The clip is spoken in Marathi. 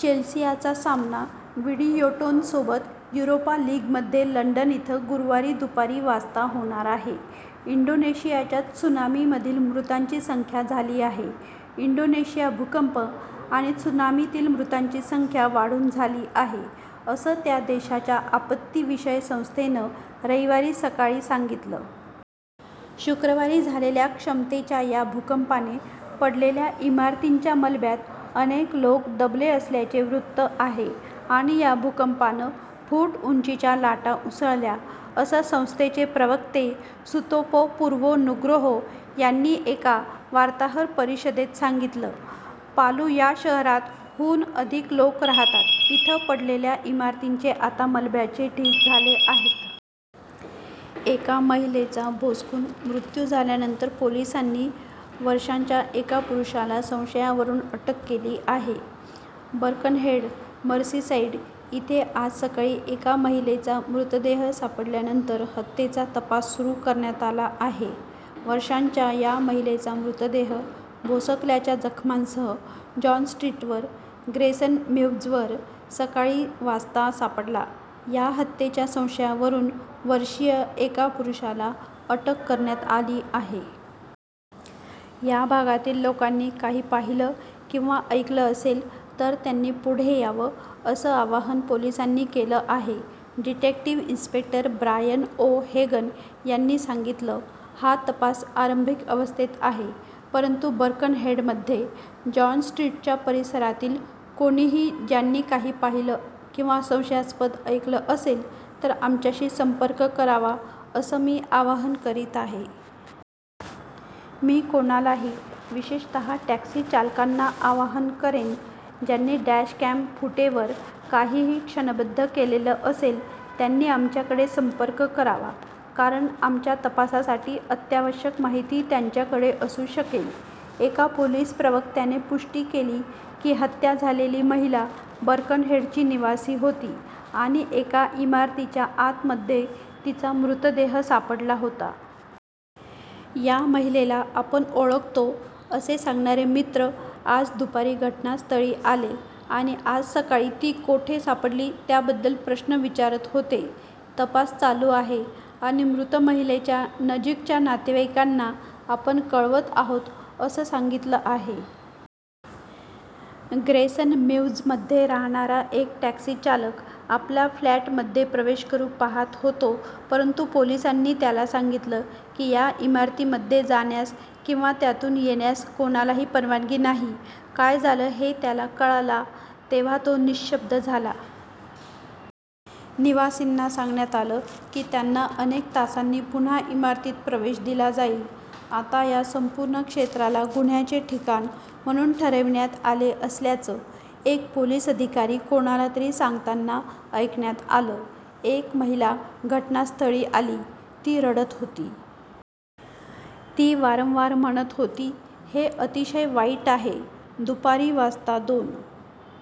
चेल्सिआचा सामना विडीयोटोनसोबत युरोपा लिगमध्ये लंडन इथं गुरुवारी दुपारी वाजता होणार आहे. इंडोनेशियाच्या त्सुनामीमधील मृतांची संख्या झाली आहे इंडोनेशिया भूकंप आणि त्सुनामीतील मृतांची संख्या वाढून झाली आहे, असं त्या देशाच्या आपत्तीविषय संस्थेनं रविवारी सकाळी सांगितलं. शुक्रवारी झालेल्या क्षमतेच्या या भूकंपाने पडलेल्या इमारतींच्या मलब्यात अनेक लोक दबले असल्याचं वृत्त आहे आणि या भूकंपानं फूट उंचीच्या लाटा उसळल्या, असं संस्थेचे प्रवक्ते सुतोपो पुर्वो नुग्रोहो यांनी एका वार्ताहर परिषदेत सांगितलं. पालु या शहरात, हून अधिक लोक राहतात, तिथे पडलेल्या इमारतींचे आता मलब्याचे ढीग झाले आहेत. एका महिलेचा भोसकून मृत्यु झाल्यानंतर पोलिसांनी वर्षांच्या एका पुरूषाला संशयावरुन अटक केली आहे बर्कनहेड, मर्सीसाईड इथे आज सकाळी एका महिलेचा मृतदेह सापडल्यानंतर हत्येचा तपास सुरु करण्यात आला आहे. वर्षांच्या या महिलेचा मृतहेद भोसकल्याच्या जखमांसह जॉन स्ट्रीटवर ग्रेसन मीव्जवर सकाळी वाजता सापडला, या हत्येच्या संशयावरुन वर्षीय एका पुरूषाला अटक करण्यात आली आहे. या भागातील लोकांनी काही पाहिलं किंवा ऐकलं असेल तर त्यांनी पुढे यावं असं आवाहन पोलिसांनी केलं आहे. Detective inspector Brian O'Hagan यांनी सांगितलं: 'हा तपास आरंभिक अवस्थेत आहे परंतु बर्कनहेडमध्ये जॉन स्ट्रीटच्या परिसरातील कोणीही ज्यांनी काही पाहिलं किंवा संशयास्पद ऐकलं असेल तर आमच्याशी संपर्क करावा असं मी आवाहन करीत आहे. मी कोणालाही, विशेषतः टॅक्सी चालकांना आवाहन करेन, ज्यांनी डॅशकॅम फूटेवर काहीही क्षणबद्ध केलेलं असेल त्यांनी आमच्याकडे संपर्क करावा कारण आमच्या तपासासाठी अत्यावश्यक माहिती त्यांच्याकडे असू शकेल. ' एका पोलिस प्रवक्त्यानं पुष्टि केली की हत्या झालेली महिला बर्कनहेडची निवासी होती आणि एका इमारतीच्या आतमध्ये तिचा मृतदेह सापडला होता. या महिलेला आपण ओळखतो असे सांगणारे मित्र आज दुपारी घटना स्थळी आले आणि आज सकाळी ती कोठे सापडली त्याबद्दल प्रश्न विचारत होते. तपास चालू आहे आणि मृत महिलेच्या नजिकच्या नातेवाईकांना आपण कळवत आहोत असं सांगितलं आहे. ग्रेसन मीव्जमध्ये राहणारा एक टॅक्सी चालक आपल्या फ्लॅटमध्ये प्रवेश करु पाहात होतो परंतु पोलिसांनी त्याला सांगितलं की या इमारतीमध्ये जाण्यास किंवा त्यातून येण्यास कोणालाही परवानगी नाही. काय झालं हे त्याला कळाला तेव्हा तो निःशब्द झाला. निवासींना सांगण्यात आलं की त्यांना अनेक तासांनी पुन्हा इमारतीत प्रवेश दिला जाईल. आता या संपूर्ण क्षेत्राला गुन्ह्याचे ठिकाण म्हणून ठरविण्यात आले असल्याचं एक पोलिस अधिकारी कोणाला तरी सांगताना ऐकण्यात आलं. एक महिला घटनास्थळी आली, ती रडत होती. ती वारंवार म्हणत होती 'हे अतिशय वाईट आहे'. दुपारी वाजता दोन